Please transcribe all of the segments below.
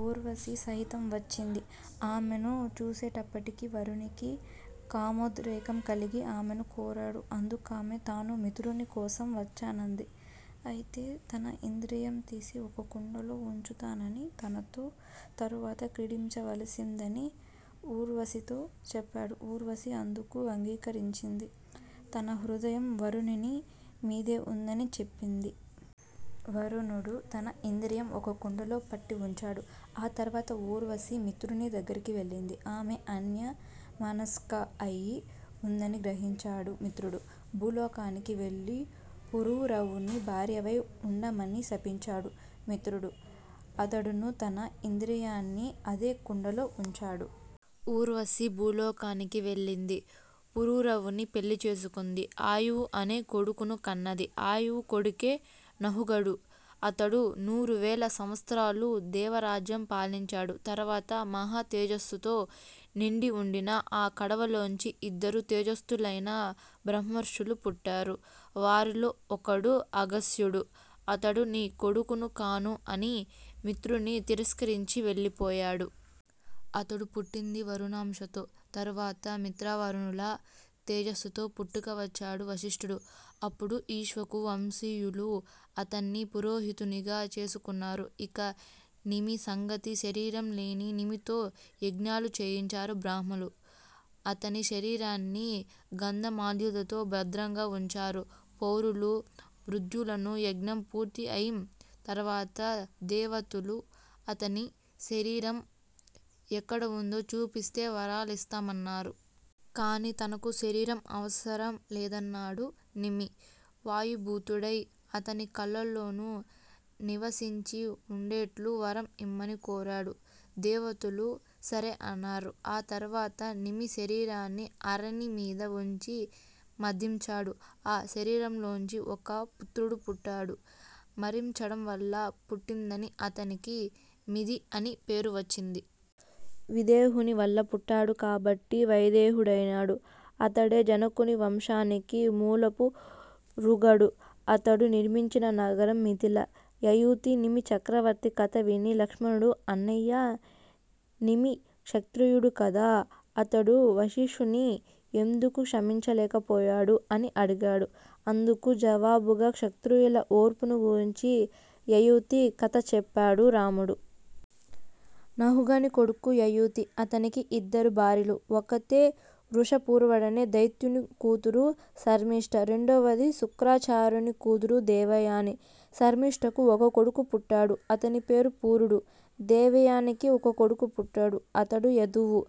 ఊర్వశి సహితం వచ్చింది. ఆమెను చూసేటప్పటికి వరుణినికి కామోద్రేకం కలిగి ఆమెను కోరాడు. అందుకామె తాను మిత్రుని కోసం వచ్చానంది. అయితే తన ఇంద్రియం తీసి ఒక కుండలో వుంచుతాననీ తనతో తరువాత క్రీడించవలసిందనీ ఊర్వశితో చెప్పాడు. ఊర్వశి అందుకు అంగీకరించింది. తన హృదయం వరుణుని మీదే వుందని చెప్పింది. వరుణుడు తన ఇంద్రియం ఒక కడవలో పట్టి వుంచాడు. ఆ తర్వాత ఊర్వశి మిత్రుని దగ్గరికి వెళ్ళింది. ఆమె అన్య మనస్క అయి వుందని గ్రహించాడు మిత్రుడు. భూలోకానికి వెళ్లి పురూరవుని భార్యవై వుండమని శపించాడు మిత్రుడు. అతడున్నూ తన ఇంద్రియాన్ని అదే కుండలో వుంచాడు. ఊర్వశి భూలోకానికి వెళ్లింది. పురూరవుణ్ణి పెళ్లి చేసుకుంది. 'ఆయువు' అనే కొడుకును కన్నది. ఆయువు కొడుకే నహూషుడు. అతడు నూరువేల సంవత్సరాలు దేవ రాజ్యం పాలించాడు. తరువాత మహా తేజస్సుతో నిండి వుండిన ఆ కడవలోంచి ఇద్దరు తేజశ్శాలులైన బ్రహ్మర్షులు పుట్టారు. వారిలో ఒకడు అగస్త్యుడు అతడు నీ కొడుకును కాను అని మిత్రుణ్ని తిరస్కరించి వెళ్ళిపోయాడు. అతడు పుట్టింది వరుణాంశతో. తరువాత మిత్రావరుణుల తేజస్సుతో పుట్టుక వచ్చాడు వశిష్ఠుడు. అప్పుడు ఇక్ష్వాకు వంశీయులు అతణ్ని పురోహితుణ్నిగా చేసుకున్నారు. ఇక నిమి సంగతి. శరీరం లేని నిమితో యజ్ఞాలు చేయించారు బ్రాహ్మలు. అతని శరీరాన్ని గంధమాల్యాదుల్తో భద్రంగా వుంచారు పౌరులూ, భృత్యులున్నూ, యజ్ఞం పూర్తి అయిం తర్వాత దేవతలు అతని శరీరం ఎక్కడవుందో చూపిస్తే వరాలిస్తామన్నారు. కాని తనకు శరీరం అవసరం లేదన్నాడు నిమి. వాయుబూతుడై అందరి కళ్ళల్లోనూ నివసించి వుండేట్లు వరం ఇమ్మని కోరాడు. దేవతలు 'సరే' అన్నారు. ఆ తర్వాత నిమి శరీరాన్ని అరణి మీద వుంచి మధించారు. ఆ శరీరంలోంచి ఒక పుత్రుడు పుట్టాడు. మధించడం వల్ల పుట్టిందని అతనికి 'మిధి' అని పేరు వచ్చింది. విదేహుని వల్ల పుట్టాడు కాబట్టి వైదేహుడైనాడు. అతడే జనకుని వంశానికి మూలపుఋషుడు. అతడు నిర్మించిన నగరం మిథిల. యయాతి నిమి చక్రవర్తి కథ విని లక్ష్మణుడు అన్నయ్యా! నిమి క్షత్రియుడు కదా! అతడు వశిష్టుణ్నిఎందుకు క్షమించలేకపోయాడు? ' అని అడిగాడు. అందుకు జవాబుగా క్షత్రియుల ఓర్పును గూర్చి యయాతి కథ చెప్పాడు రాముడు. నహుషుని కొడుకు యయాతి. అతనికి ఇద్దరు భార్యలు. ఒకతే వృషపర్వుడనే దైత్యుని కూతురు శర్మిష్ఠ. రెండవది శుక్రాచార్యుని కూతురు దేవయాని. శర్మిష్ఠకు ఒక కొడుకు పుట్టాడు. అతని పేరు పూరుడు. దేవయానికీ ఒక కొడుకు పుట్టాడు. అతడు యదువు.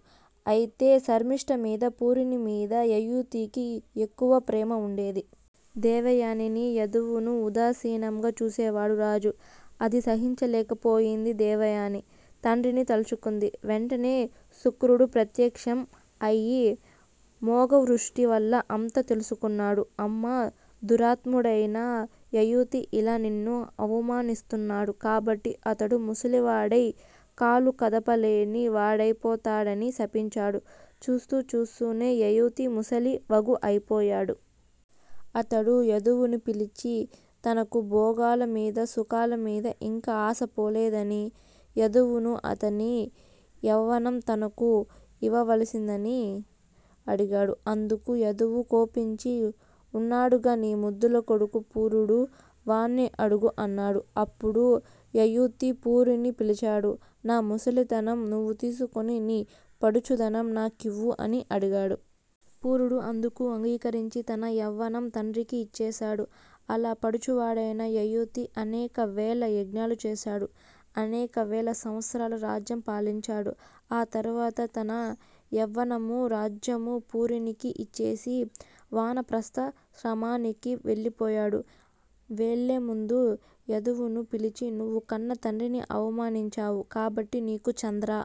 అయితే శర్మిష్ఠమీదా, పూరునిమీదా యయాతికి ఎక్కువ ప్రేమ వుండేది. దేవయానినీ, యదువునూ ఉదాసీనంగా చూసేవాడు రాజు. అది సహించలేకపోయింది దేవయాని. తండ్రిని తల్చుకుంది. వెంటనే శుక్రుడు ప్రత్యక్షం అయి మోగదృష్టి వల్ల అంతా తెలుసుకున్నాడు. అమ్మా! దురాత్ముడైన యయాతి యిలా నిన్ను అవమానిస్తున్నాడు కాబట్టి అతడు ముసలివాడై కాలు కదపలేని వాడైపోతాడని శపించాడు. చూస్తూ, చూస్తూనే యయాతి ముసలి వగ్గు అయిపోయాడు. అతడు యదువును పిలిచి తనకు భోగాల మీద సుఖాలమీదా ఇంకా ఆశపోలేదనీ యదువును అతని యవ్వనం తనకు ఇవ్వవలసిందనీ అడిగాడు. అందుకు యదువు కోపించి ఉన్నాడుగా నీ ముద్దుల కొడుకు పూరుడు. వాణ్ణే అడుగు అన్నాడు. అప్పుడు యయాతి పూరుణ్ణి పిలిచాడు. నా ముసలితనం నువ్వు తీసుకొని నీ పడుచుదనం నాకివ్వు అని అడిగాడు. పూరుడు అందుకు అంగీకరించి తన యవ్వనం తండ్రికి యిచ్చేశాడు. అలా పడుచువాడైన యయాతి అనేక వేల యజ్ఞాలు చేశాడు. అనేకవేల సంవత్సరాల రాజ్యం పాలించాడు. ఆ తరువాత తన యవ్వనమూ, రాజ్యమూ పూరునికి ఇచ్చేసి వానప్రస్థాశ్రమానికి వెళ్ళిపోయాడు. వెళ్లేముందు యదువును పిలిచి నువ్వు కన్న తండ్రిని అవమానించావు. కాబట్టి నీకు చంద్ర